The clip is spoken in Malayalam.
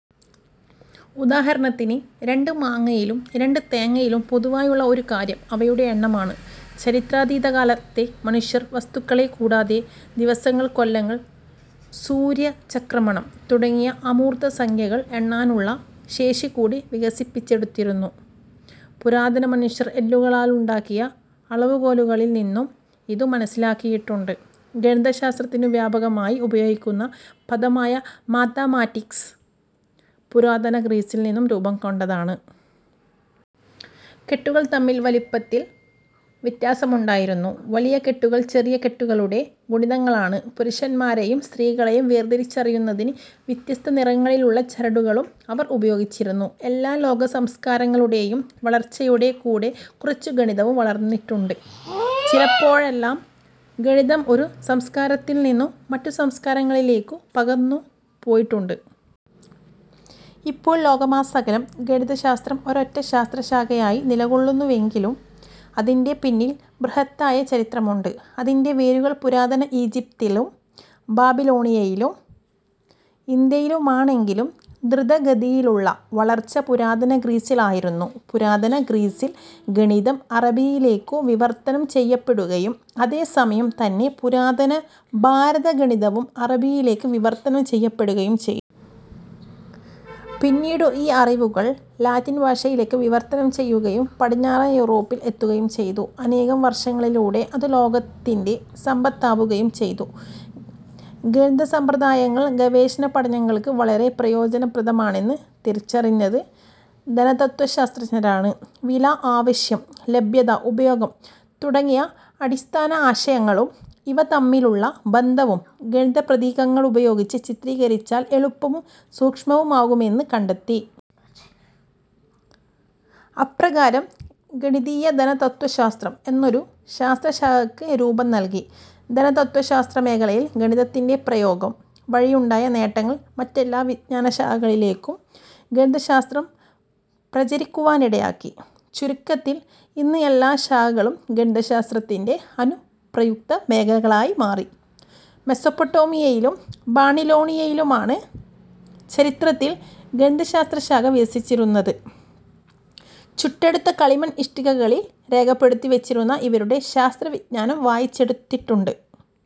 ഉദാഹരണത്തിന് രണ്ട് മാങ്ങയിലും, രണ്ട് തേങ്ങയിലും പൊതുവായുള്ള ഒരു കാര്യം അവയുടെ എണ്ണമാണ്. ചരിത്രാതീതകാലത്തെ മനുഷ്യർ വസ്തുക്കളെ കൂടാതെ, ദിവസങ്ങൾ, കൊല്ലങ്ങൾ, സൂര്യചക്രമണം തുടങ്ങിയ അമൂർത്ത സംഖ്യകൾ എണ്ണാനുള്ള ശേഷികൂടി വികസിപ്പിച്ചെടുത്തിരുന്നു. പുരാതന മനുഷ്യർ എല്ലുകളാലുണ്ടാക്കിയ അളവുകോലുകളിൽ നിന്നും ഇതു് മനസ്സിലാക്കിയിട്ടുണ്ട് ഗണിതശാസ്ത്രത്തിനു് വ്യാപകമായി ഉപയോഗിക്കുന്ന പദമായ മാത്താമാറ്റിക്സ്, പുരാതന ഗ്രീസിൽ നിന്നും രൂപംകൊണ്ടതാണ്. കെട്ടുകൾ തമ്മിൽ വലിപ്പത്തിൽ വ്യത്യാസം ഉണ്ടായിരുന്നു. വലിയ കെട്ടുകൾ ചെറിയ കെട്ടുകളുടെ ഗുണിതങ്ങളാണ്. പുരുഷന്മാരെയും സ്ത്രീകളേയും വേർതിരിച്ചറിയുന്നതിന് വ്യത്യസ്ത നിറങ്ങളിലുള്ള ചരടുകളും അവർ ഉപയോഗിച്ചിരുന്നു എല്ലാ ലോക സംസ്ക്കാരങ്ങളുടെയും വളർച്ചയുടെ കൂടെ കുറച്ചു ഗണിതവും വളർന്നിട്ടുണ്ട്. ചിലപ്പോഴെല്ലാം, ഗണിതം ഒരു സംസ്ക്കാരത്തിൽ നിന്നു മറ്റു സംസ്ക്കാരങ്ങളിലേയ്ക്കു പകർന്നു പോയിട്ടുണ്ട്. ഇപ്പോൾ ലോകമാസകലം ഗണിതശാസ്ത്രം ഒരൊറ്റ ശാസ്ത്രശാഖയായി നിലകൊള്ളുന്നുവെങ്കിലും, അതിന്റെ പിന്നിൽ ബൃഹത്തായ ചരിത്രമുണ്ട്. അതിന്റെ വേരുകൾ പുരാതന ഈജിപ്തിലും, ബാബിലോണിയയിലും, ഇന്ത്യയിലുമാണെങ്കിലും, ധൃതഗതിയിലുള്ള വളർച്ച പുരാതന ഗ്രീസിലായിരുന്നു. പുരാതന ഗ്രീസിൽ ഗണിതം അറബിയിലേയ്ക്കു വിവർത്തനം ചെയ്യപ്പെടുകയും, അതേ സമയം തന്നെ പുരാതനഭാരത ഗണിതവും അറബിയിലേക്ക് വിവർത്തനം ചെയ്യപ്പെടുകയും ചെയ്തു. പിന്നീടു് ഈ അറിവുകൾ ലാറ്റിൻ ഭാഷയിലേക്ക് വിവർത്തനം ചെയ്യുകയും പടിഞ്ഞാറൻ യൂറോപ്പിൽ എത്തുകയും ചെയ്തു. അനേകം വർഷങ്ങളിലൂടെ അതു ലോകത്തിന്റെ സമ്പത്താവുകയും ചെയ്തു. ഗണിതസമ്പ്രദായങ്ങൾ ഗവേഷണപഠനങ്ങൾക്ക് വളരെ പ്രയോജനപ്രദമാണെന്ന് തിരിച്ചറിഞ്ഞത് ധനതത്വശാസ്ത്രജ്ഞരാണ്. വില, ആവശ്യം, ലഭ്യത, ഉപയോഗം തുടങ്ങിയ അടിസ്ഥാന ആശയങ്ങളും ഇവ തമ്മിലുള്ള ബന്ധവും ഗണിതപ്രതീകങ്ങളുപയോഗിച്ച് ചിത്രീകരിച്ചാൽ എളുപ്പവും സൂക്ഷ്മവുമാകുമെന്ന് കണ്ടെത്തി. അപ്രകാരം ഗണിതീയ ധനതത്വശാസ്ത്രം എന്നൊരു ശാസ്ത്രശാഖക്ക് രൂപം നൽകി. ധനതത്വശാസ്ത്രമേഖലയിൽ ഗണിതത്തിന്റെ പ്രയോഗം വഴിയുണ്ടായ നേട്ടങ്ങൾ മറ്റെല്ലാ വിജ്ഞാനശാഖകളിലേക്കും ഗണിതശാസ്ത്രം പ്രചരിക്കുവാനിടയാക്കി. ചുരുക്കത്തിൽ ഇന്ന് എല്ലാ ശാഖകളും ഗണിതശാസ്ത്രത്തിന്റെ അനുപ്രയുക്ത മേഖലകളായി മാറി. മെസ്സൊപ്പൊട്ടോമിയയിലും ബാബിലോണിയയിലുമാണ് ചരിത്രത്തിൽ ഗണിതശാസ്ത്രശാഖ വികസിച്ചിരുന്നത്. ചുട്ടെടുത്ത കളിമൺ ഇഷ്ടികകളിൽ രേഖപ്പെടുത്തി വെച്ചിരുന്ന ഇവരുടെ ശാസ്ത്രവിജ്ഞാനം വായിച്ചെടുത്തിട്ടുണ്ട്.